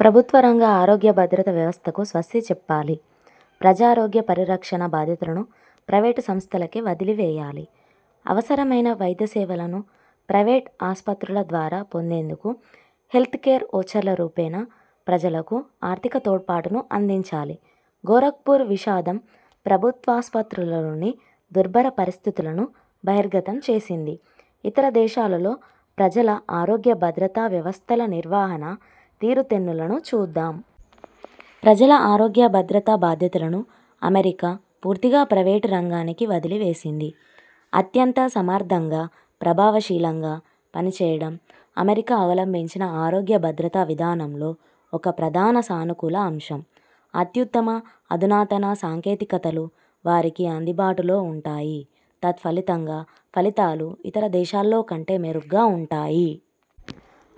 ప్రభుత్వ రంగ ఆరోగ్య భద్రతా వ్యవస్థకు స్వస్తిచెప్పాలి. ప్రజారోగ్య పరిరక్షణ బాధ్యతలను ప్రైవేట్ సంస్థలకే వదిలివేయాలి. అవసరమైన వైద్యసేవలను ప్రైవేట్ ఆస్పత్రుల ద్వారా పొందేందుకు హెల్త్కేర్ ఓచర్ల రూపేణా ప్రజలకు ఆర్థిక తోడ్పాటును అందించాలి. గోరఖ్పూర్ విషాదం ప్రభుత్వాసుపత్రులలోని దుర్భర పరిస్థితులను బహిర్గతం చేసింది. ఇతర దేశాలలో ప్రజల ఆరోగ్య భద్రతా వ్యవస్థల నిర్వహణ తీరుతెన్నులను చూద్దాం. ప్రజల ఆరోగ్య భద్రతా బాధ్యతలను అమెరికా పూర్తిగా ప్రైవేట్ రంగానికి వదిలివేసింది. అత్యంత సమర్థంగా, ప్రభావశీలంగా పనిచేయడం అమెరికా అవలంభించిన ఆరోగ్య భద్రతా విధానంలో ఒక ప్రధాన సానుకూల అంశం. అత్యుత్తమ, అధునాతన సాంకేతికతలు వారికి అందుబాటులో వుంటాయి. తత్ఫలితంగా ఫలితాలూ ఇతర దేశాల్లో కంటే మెరుగ్గా వుంటాయి.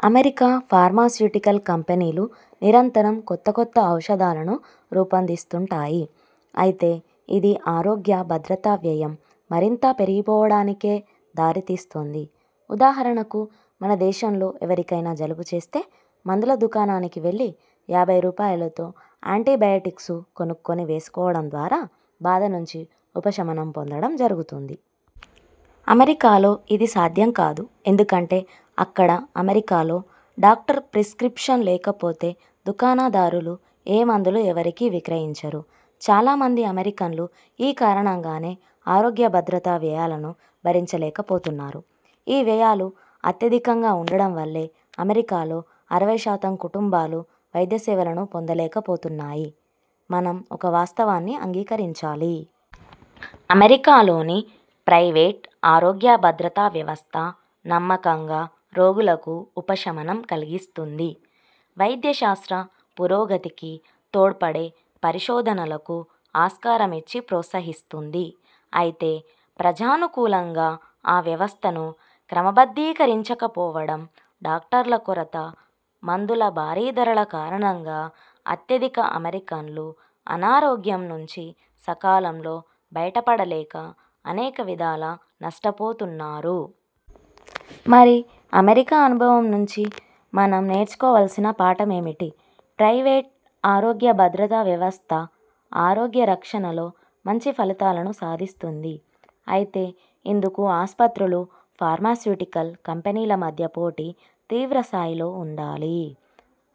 అమెరికా ఫార్మాస్యూటికల్ కంపెనీలు నిరంతరం కొత్త కొత్త ఔషధాలను రూపొందిస్తుంటాయి. అయితే ఇది, ఆరోగ్య భద్రతా వ్యయం మరింత పెరిగిపోవడానికే దారితీస్తోంది. ఉదాహరణకు మన దేశంలో ఎవరికైనా జలుబు చేస్తే మందుల దుకాణానికి వెళ్ళి యాభై రూపాయలతో యాన్టీ బయోటిక్స్ కొనుక్కొని వేసుకోవడం ద్వారా బాధ నుంచి ఉపశమనం పొందడం జరుగుతోంది. అమెరికాలో ఇది సాధ్యంకాదు. ఎందుకంటే అక్కడ అమెరికాలో డాక్టర్ ప్రిస్క్రిప్షన్ లేకపోతే దుకాణదారులు ఏ మందులూ ఎవరికీ విక్రయించరు. చాలామంది అమెరికన్లు ఈ కారణంగానే ఆరోగ్య భద్రతా వ్యయాలను భరించలేకపోతున్నారు. ఈ వ్యయాలు అత్యధికంగా ఉండడంవల్లే అమెరికాలో అరవై శాతం కుటుంబాలు వైద్యసేవలను పొందలేకపోతున్నాయి. మనం ఒక వాస్తవాన్ని అంగీకరించాలి. అమెరికాలోని ప్రైవేట్ ఆరోగ్యభద్రతా వ్యవస్థ నమ్మకంగా రోగులకు ఉపశమనం కల్గిస్తుంది. వైద్యశాస్త్ర పురోగతికి తోడ్పడే పరిశోధనలకు ఆస్కారమిచ్చి ప్రోత్సహిస్తుంది. అయితే ప్రజానుకూలంగా ఆ వ్యవస్థను క్రమబద్ధీకరించకపోవడం, డాక్టర్ల కొరత, మందుల భారీ ధరల కారణంగా అత్యధిక అమెరికన్లు అనారోగ్యం నుంచి సకాలంలో బయటపడలేక అనేక విధాల నష్టపోతున్నారు. మరి అమెరికా అనుభవం నుంచి మనం నేర్చుకోవల్సిన పాఠమేమిటి? ప్రైవేట్ ఆరోగ్య భద్రతా వ్యవస్థ ఆరోగ్యరక్షణలో మంచిఫలితాలను సాధిస్తుంది. అయితే ఇందుకు ఆస్పత్రులు, ఫార్మాస్యూటికల్ కంపెనీల మధ్య పోటీ తీవ్రస్థాయిలో వుండాలి.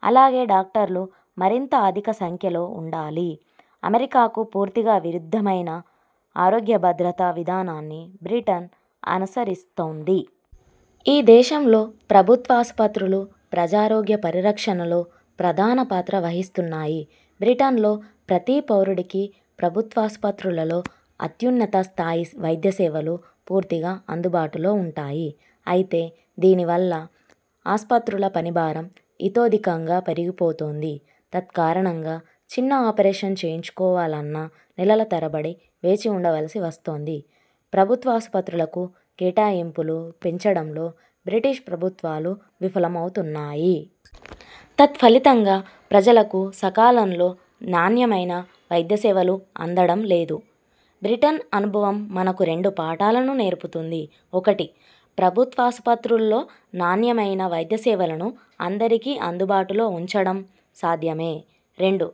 అలాగే డాక్టర్లు మరింత అధిక సంఖ్యలో వుండాలి. అమెరికాకు పూర్తిగా విరుద్ధమైన ఆరోగ్యభద్రతా విధానాన్ని బ్రిటన్ అనుసరిస్తోంది. ఈ దేశంలో ప్రభుత్వాసుపత్రులు ప్రజారోగ్య పరిరక్షణలో ప్రధానపాత్ర వహిస్తున్నాయి. బ్రిటన్లో ప్రతి పౌరుడికీ ప్రభుత్వాసుపత్రులలో అత్యున్నత స్థాయి వైద్యసేవలు పూర్తిగా అందుబాటులో వుంటాయి. అయితే దీనివల్ల ఆస్పత్రుల పనిభారం ఇతోధికంగా పెరిగిపోతోంది. తత్కారణంగా చిన్న ఆపరేషన్ చేయించుకోవాలన్నా నెలల తరబడి వేచివుండవలసి వస్తోంది. ప్రభుత్వాసుపత్రులకు కేటాయింపులు పెంచడంలో బ్రిటిష్ ప్రభుత్వాలు విఫలమవుతున్నాయి. తత్ఫలితంగా ప్రజలకు సకాలంలో నాణ్యమైన వైద్యసేవలు అందడం లేదు. బ్రిటన్ అనుభవం మనకు రెండు పాఠాలను నేర్పుతుంది. ఒకటి– ప్రభుత్వాసుపత్రుల్లో నాణ్యమైన వైద్యసేవలను ప్రజలందరికీ అందుబాటులో ఉంచడం సాధ్యమే. రెండు–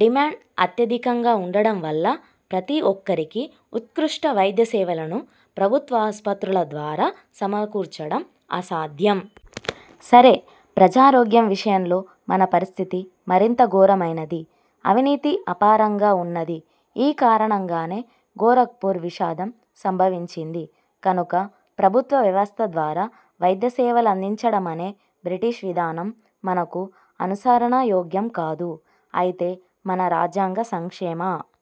డిమాండ్ అత్యధికంగా ఉండడం వల్ల ప్రతి ఒక్కరికీ ఉత్కృష్ట వైద్య సేవలను ప్రభుత్వాసుపత్రుల ద్వారా సమకూర్చడం అసాధ్యం. సరే, ప్రజారోగ్యం విషయంలో మన పరిస్థితి మరింత ఘోరమైనది. అవినీతి అపారంగా ఉన్నది. ఈ కారణంగానే గోరఖ్పూర్ విషాదం సంభవించింది. కనుక ప్రభుత్వ వ్యవస్థ ద్వారా వైద్యసేవలందించడమనే బ్రిటిష్ విధానం మనకు అనుసరణయోగ్యం కాదు. అయితే మన రాజ్యాంగ సంక్షేమ